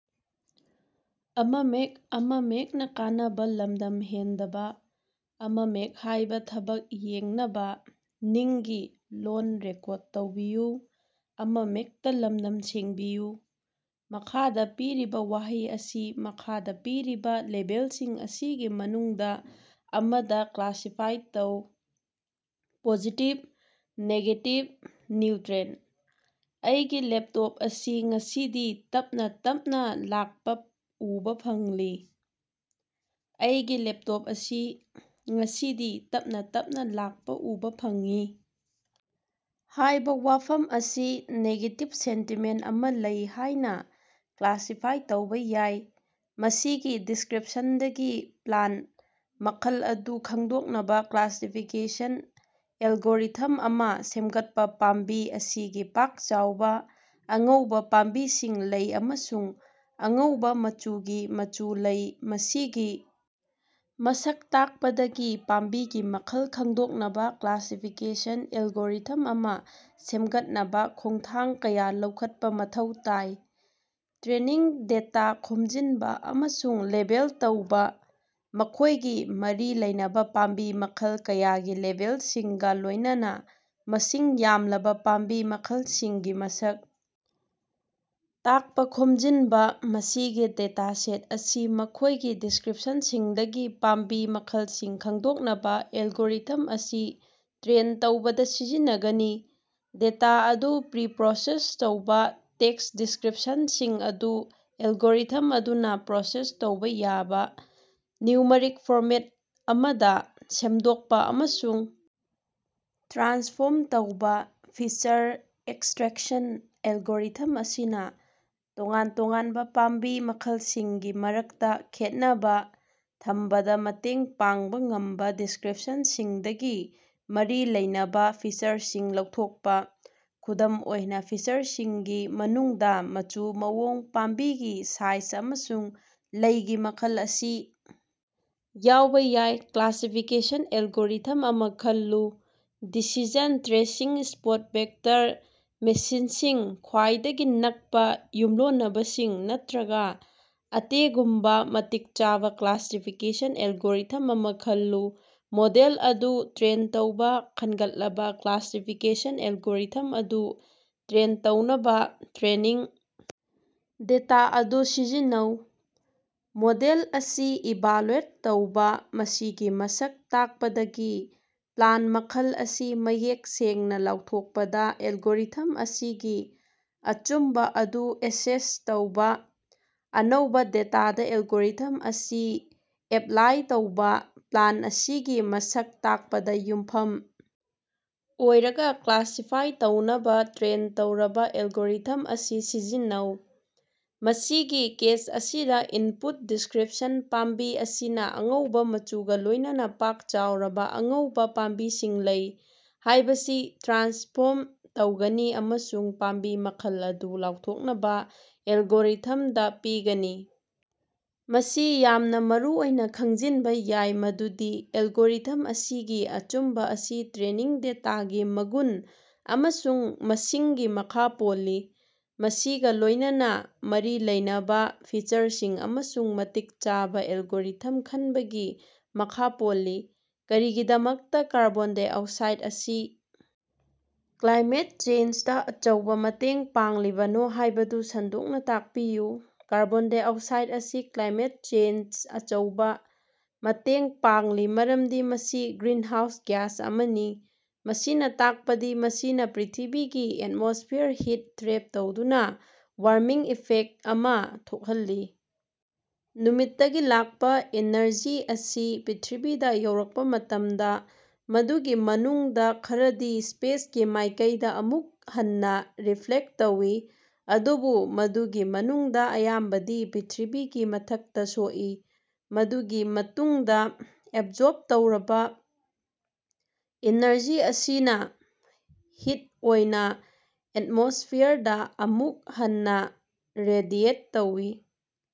ꯃꯈꯥꯗ ꯄꯤꯔꯤꯕ ꯋꯥꯍꯩ ꯑꯁꯤ ꯃꯈꯥꯗ ꯄꯤꯔꯤꯕ ꯂꯦꯕꯦꯜꯁꯤꯡ ꯑꯁꯤꯒꯤ ꯃꯅꯨꯡꯗ ꯑꯃꯗ ꯀ꯭ꯂꯥꯁꯤꯐꯥꯏ ꯇꯧ: ꯄꯣꯖꯤꯇꯤꯚ, ꯅꯦꯒꯦꯇꯤꯚ, ꯅ꯭ꯌꯨꯇ꯭ꯔꯤꯑꯦꯟꯇ꯫ ꯑꯩꯒꯤ ꯂꯦꯞꯇꯣꯞ ꯑꯁꯤ ꯉꯁꯤꯗꯤ ꯇꯞꯅ- ꯇꯞꯅ ꯂꯥꯛꯄ ꯎꯕ ꯐꯪꯂꯤ꯫ "ꯑꯩꯒꯤ ꯂꯦꯞꯇꯣꯞ ꯑꯁꯤ ꯉꯁꯤꯗꯤ ꯇꯞꯅ- ꯇꯞꯅ ꯂꯥꯛꯄ ꯎꯕ ꯐꯪꯏ" ꯍꯥꯏꯕ ꯋꯥꯐꯝ ꯑꯁꯤ ꯅꯦꯒꯦꯇꯤꯚ ꯁꯦꯟꯇꯤꯃꯦꯟꯠ ꯑꯃ ꯂꯩ ꯍꯥꯏꯅ ꯀ꯭ꯂꯥꯁꯤꯐꯥꯏ ꯇꯧꯕ ꯌꯥꯏ꯫ ꯃꯁꯤꯒꯤ ꯗꯤꯁꯀ꯭ꯔꯤꯞꯁꯟꯗꯒꯤ ꯄ꯭ꯂꯥꯟꯇ ꯃꯈꯜ ꯑꯗꯨ ꯈꯪꯗꯣꯛꯅꯕ ꯀ꯭ꯂꯥꯁꯤꯐꯤꯀꯦꯁꯟ ꯑꯦꯜꯒꯣꯔꯤꯊꯝ ꯑꯃ ꯁꯦꯝꯒꯠꯄ ꯄꯥꯝꯕꯤ ꯑꯁꯤꯒꯤ ꯄꯥꯛ-ꯆꯥꯎꯕ ꯑꯉꯧꯕ ꯄꯥꯝꯕꯤꯁꯤꯡ ꯂꯩ ꯑꯃꯁꯨꯡ ꯑꯉꯧꯕ ꯃꯆꯨꯒꯤ ꯃꯆꯨ ꯂꯩ꯫ ꯃꯁꯤꯒꯤ ꯃꯁꯛ ꯇꯥꯛꯄꯗꯒꯤ ꯄꯥꯝꯕꯤꯒꯤ ꯃꯈꯜ ꯈꯪꯗꯣꯛꯅꯕ ꯀ꯭ꯂꯥꯁꯤꯐꯤꯀꯦꯁꯟ ꯑꯦꯜꯒꯣꯔꯤꯊꯝ ꯑꯃ ꯁꯦꯝꯒꯠꯅꯕ ꯈꯣꯡꯊꯥꯡ ꯀꯌꯥ ꯂꯧꯈꯠꯄ ꯃꯊꯧ ꯇꯥꯏ꯫ ꯇ꯭ꯔꯦꯅꯤꯡ ꯗꯦꯇꯥ ꯈꯣꯝꯖꯤꯟꯕ ꯑꯃꯁꯨꯡ ꯂꯦꯕꯦꯜ ꯇꯧꯕ: ꯃꯈꯣꯏꯒꯤ ꯃꯔꯤ ꯂꯩꯅꯕ ꯄꯥꯝꯕꯤ ꯃꯈꯜ ꯀꯌꯥꯒꯤ ꯂꯦꯕꯦꯜꯁꯤꯡꯒ ꯂꯣꯏꯅꯅ ꯃꯁꯤꯡ ꯌꯥꯝꯂꯕ ꯄꯥꯝꯕꯤ ꯃꯈꯜꯁꯤꯡꯒꯤ ꯃꯁꯛ ꯇꯥꯛꯄ ꯈꯣꯝꯖꯤꯟꯕ꯫ ꯃꯁꯤꯒꯤ ꯗꯦꯇꯥꯁꯦꯠ ꯑꯁꯤ ꯃꯈꯣꯏꯒꯤ ꯗꯤꯁꯀ꯭ꯔꯤꯞꯁꯟꯁꯤꯡꯗꯒꯤ ꯄꯥꯝꯕꯤ ꯃꯈꯜꯁꯤꯡ ꯈꯪꯗꯣꯛꯅꯕ ꯑꯦꯜꯒꯣꯔꯤꯊꯝ ꯑꯁꯤ ꯇ꯭ꯔꯦꯟ ꯇꯧꯕꯗ ꯁꯤꯖꯤꯟꯅ ꯒꯅꯤ꯫ ꯗꯦꯇꯥ ꯑꯗꯨ ꯄ꯭ꯔꯤꯄ꯭ꯔꯣꯁꯦꯁ ꯇꯧꯕ: ꯇꯦꯛꯁ ꯗꯤꯁꯀ꯭ꯔꯤꯞꯁꯟꯁꯤꯡ ꯑꯗꯨ ꯑꯦꯜꯒꯣꯔꯤꯊꯝ ꯑꯗꯨꯅ ꯄ꯭ꯔꯣꯁꯦꯁ ꯇꯧꯕ ꯌꯥꯕ ꯅ꯭ꯌꯨꯃꯔꯤꯛ ꯐꯣꯔꯃꯦꯠ ꯑꯃꯗ ꯁꯦꯡꯗꯣꯛꯄ ꯑꯃꯁꯨꯡ ꯇ꯭ꯔꯥꯟꯁꯐꯣꯔꯝ ꯇꯧꯕ꯫ ꯐꯤꯆꯔ ꯑꯦꯛꯁꯇ꯭ꯔꯦꯛꯁꯟ: ꯑꯦꯜꯒꯣꯔꯤꯊꯝ ꯑꯁꯤꯅ ꯇꯣꯉꯥꯟ -ꯇꯣꯉꯥꯟꯕ ꯄꯥꯝꯕꯤ ꯃꯈꯜꯁꯤꯡꯒꯤ ꯃꯔꯛꯇ ꯈꯦꯠꯅꯕ ꯊꯝꯕꯗ ꯃꯇꯦꯡ ꯄꯥꯡꯕ ꯉꯝꯕ ꯗꯤꯁꯀ꯭ꯔꯤꯞꯁꯟꯁꯤꯡꯗꯒꯤ ꯃꯔꯤ ꯂꯩꯅꯕ ꯐꯤꯆꯔꯁꯤꯡ ꯂꯧꯊꯣꯛꯄ꯫ ꯈꯨꯗꯝ ꯑꯣꯏꯅ, ꯐꯤꯆꯔꯁꯤꯡꯒꯤ ꯃꯅꯨꯡꯗ ꯃꯆꯨ, ꯃꯑꯣꯡ, ꯄꯥꯝꯕꯤꯒꯤ ꯁꯥꯏꯖ ꯑꯃꯁꯨꯡ ꯂꯩꯒꯤ ꯃꯈꯜ ꯑꯁꯤ ꯌꯥꯎꯕ ꯌꯥꯏ꯫ ꯀ꯭ꯂꯥꯁꯤꯐꯤꯀꯦꯁꯟ ꯑꯦꯜꯒꯣꯔꯤꯊꯝ ꯑꯃ ꯈꯜꯂꯨ ꯗꯤꯁꯤꯖꯟ ꯇ꯭ꯔꯤꯁꯤꯡ, ꯁꯄꯣꯔꯠ ꯚꯦꯛꯇꯔ ꯃꯦꯁꯤꯟꯁꯤꯡ, ꯈ꯭ꯋꯥꯏꯗꯒꯤ ꯅꯛꯄ ꯌꯨꯝꯂꯣꯟꯅꯕꯁꯤꯡ ꯅꯠꯇ꯭ꯔꯒ ꯑꯇꯦꯒꯨꯝꯕ ꯃꯇꯤꯛ ꯆꯥꯕ ꯀ꯭ꯂꯥꯁꯤꯐꯤꯀꯦꯁꯟ ꯑꯦꯜꯒꯣꯔꯤꯊꯝ ꯑꯃ ꯈꯜꯂꯨ꯫ ꯃꯣꯗꯦꯜ ꯑꯗꯨ ꯇ꯭ꯔꯦꯟ ꯇꯧꯕ: ꯈꯟꯒꯠꯂꯕ ꯀ꯭ꯂꯥꯁꯤꯐꯤꯀꯦꯁꯟ ꯑꯦꯜꯒꯣꯔꯤꯊꯝ ꯑꯗꯨ ꯇ꯭ꯔꯦꯟ ꯇꯧꯅꯕ ꯇ꯭ꯔꯦꯅꯤꯡ ꯗꯦꯇꯥ ꯑꯗꯨ ꯁꯤꯖꯤꯟꯅꯧ꯫ ꯃꯣꯗꯦꯜ ꯑꯁꯤ ꯏꯚꯥꯂꯨꯑꯦꯠ ꯇꯧꯕ: ꯃꯁꯤꯒꯤ ꯃꯁꯛ ꯇꯥꯛꯄꯗꯒꯤ ꯄ꯭ꯂꯥꯟꯇ ꯃꯈꯜ ꯑꯁꯤ ꯃꯌꯦꯛ ꯁꯦꯡꯅ ꯂꯥꯎꯊꯣꯛꯄꯗ ꯑꯦꯜꯒꯣꯔꯤꯊꯝ ꯑꯁꯤꯒꯤ ꯑꯆꯨꯝꯕ ꯑꯗꯨ ꯑꯦꯁꯦꯁ ꯇꯧꯕ꯫ ꯑꯅꯧꯕ ꯗꯦꯇꯥꯗ ꯑꯦꯜꯒꯣꯔꯤꯊꯝ ꯑꯁꯤ ꯑꯦꯞꯂꯥꯏ ꯇꯧꯕ: ꯄ꯭ꯂꯥꯟꯇ ꯑꯁꯤꯒꯤ ꯃꯁꯛ ꯇꯥꯛꯄꯗ ꯌꯨꯝꯐꯝ ꯑꯣꯏꯔꯒ ꯀ꯭ꯂꯥꯁꯤꯐꯥꯏ ꯇꯧꯅꯕ ꯇ꯭ꯔꯦꯟ ꯇꯧꯔꯕ ꯑꯦꯜꯒꯣꯔꯤꯊꯝ ꯑꯁꯤ ꯁꯤꯖꯤꯟꯅꯧ꯫ ꯃꯁꯤꯒꯤ ꯀꯦꯁ ꯑꯁꯤꯗ ꯏꯟꯄꯨꯠ ꯗꯤꯁꯀ꯭ꯔꯤꯞꯁꯟ 'ꯄꯥꯝꯕꯤ ꯑꯁꯤꯅ ꯑꯉꯧꯕ ꯃꯆꯨꯒ ꯂꯣꯏꯅꯅ ꯄꯥꯛ ꯆꯥꯎꯔꯕ ꯑꯉꯧꯕ ꯄꯥꯝꯕꯤꯁꯤꯡ ꯂꯩ' ꯍꯥꯏꯕꯁꯤ ꯇ꯭ꯔꯥꯟꯁꯐꯣꯔꯝ ꯇꯧꯒꯅꯤ ꯑꯃꯁꯨꯡ ꯄꯥꯝꯕꯤ ꯃꯈꯜ ꯑꯗꯨ ꯂꯥꯎꯊꯣꯛꯅꯕ ꯑꯦꯜꯒꯣꯔꯤꯊꯝꯗ ꯄꯤꯒꯅꯤ꯫ ꯃꯁꯤ ꯌꯥꯝꯅ ꯃꯔꯨꯑꯣꯏꯅ ꯈꯪꯖꯤꯟꯕ ꯌꯥꯏ ꯃꯗꯨꯗꯤ ꯑꯦꯜꯒꯣꯔꯤꯊꯝ ꯑꯁꯤꯒꯤ ꯑꯆꯨꯝꯕ ꯑꯁꯤ ꯇ꯭ꯔꯦꯅꯤꯡ ꯗꯦꯇꯥꯒꯤ ꯃꯒꯨꯟ ꯑꯃꯁꯨꯡ ꯃꯁꯤꯡꯒꯤ ꯃꯈꯥ ꯄꯣꯜꯂꯤ꯫ ꯃꯁꯤꯒ ꯂꯣꯏꯅꯅ ꯃꯔꯤ ꯂꯩꯅꯕ ꯐꯤꯆꯔꯁꯤꯡ ꯑꯃꯁꯨꯡ ꯃꯇꯤꯛ ꯆꯥꯕ ꯑꯦꯜꯒꯣꯔꯤꯊꯝ ꯈꯟꯕꯒꯤ ꯃꯈꯥ ꯄꯣꯜꯂꯤ꯫ ꯀꯔꯤꯒꯤꯗꯃꯛꯇ ꯀꯥꯔꯕꯣꯟ -ꯗꯥꯏꯑꯣꯛꯁꯥꯏꯗ ꯑꯁꯤ ꯀ꯭ꯂꯥꯏꯃꯦꯠ ꯆꯦꯟꯖꯗ ꯑꯆꯧꯕ ꯃꯇꯦꯡ ꯄꯥꯡꯂꯤꯕꯅꯣ ꯍꯥꯏꯕꯗꯨ ꯁꯟꯗꯣꯛꯅ ꯇꯥꯛꯄꯤꯌꯨ꯫ ꯀꯥꯔꯕꯣꯟ ꯗꯥꯏꯑꯣꯛꯁꯥꯏꯗ ꯑꯁꯤ ꯀ꯭ꯂꯥꯏꯃꯦꯠ ꯆꯦꯟꯖꯇ ꯑꯆꯧꯕ ꯃꯇꯦꯡ ꯄꯥꯡꯂꯤ ꯃꯔꯝꯗꯤ ꯃꯁꯤ ꯒ꯭ꯔꯤꯟꯍꯥꯎꯁ ꯒ꯭ꯌꯥꯁ ꯑꯃꯅꯤ꯫ ꯃꯁꯤꯅ ꯇꯥꯛꯄꯗꯤ ꯃꯁꯤꯅ ꯄ꯭ꯔꯤꯊꯤꯕꯤꯒꯤ ꯑꯦꯠꯃꯣꯁ꯭ꯐꯤꯌꯔꯗ ꯍꯤꯠ ꯇ꯭ꯔꯦꯞ ꯇꯧꯗꯨꯅ ꯋꯥꯔꯃꯤꯡ ꯏꯐꯦꯛꯇ ꯑꯃ ꯊꯣꯛꯍꯜꯂꯤ꯫ ꯅꯨꯃꯤꯠꯇꯒꯤ ꯂꯥꯛꯄ ꯏꯅꯔꯖꯤ ꯑꯁꯤ ꯄ꯭ꯔꯤꯊꯤꯕꯤꯗ ꯌꯧꯔꯛꯄ ꯃꯇꯝꯗ, ꯃꯗꯨꯒꯤ ꯃꯅꯨꯡꯗ ꯈꯔꯗꯤ ꯁ꯭ꯄꯦꯁꯀꯤ ꯃꯥꯏꯀꯩꯗ ꯑꯃꯨꯛ ꯍꯟꯅ ꯔꯤꯐ꯭ꯂꯦꯛꯇ ꯇꯧꯏ꯫ ꯑꯗꯨꯕꯨ ꯃꯗꯨꯒꯤ ꯃꯅꯨꯡꯗ ꯑꯌꯥꯝꯕꯗꯤ ꯄ꯭ꯔꯤꯊꯤꯕꯤꯒꯤ ꯃꯊꯛꯇ ꯁꯣꯛꯏ꯫ ꯃꯗꯨꯒꯤ ꯃꯇꯨꯡꯗ ꯑꯦꯕꯁꯣꯔꯕ ꯇꯧꯔꯕ ꯑꯦꯅꯔꯖꯤ ꯑꯁꯤꯅ ꯍꯤꯠ ꯑꯣꯏꯅ ꯑꯦꯠꯃꯣꯁ꯭ꯐꯤꯌꯔꯗ ꯑꯃꯨꯛ ꯍꯟꯅ ꯔꯦꯗꯤꯑꯦꯠ ꯇꯧꯏ꯫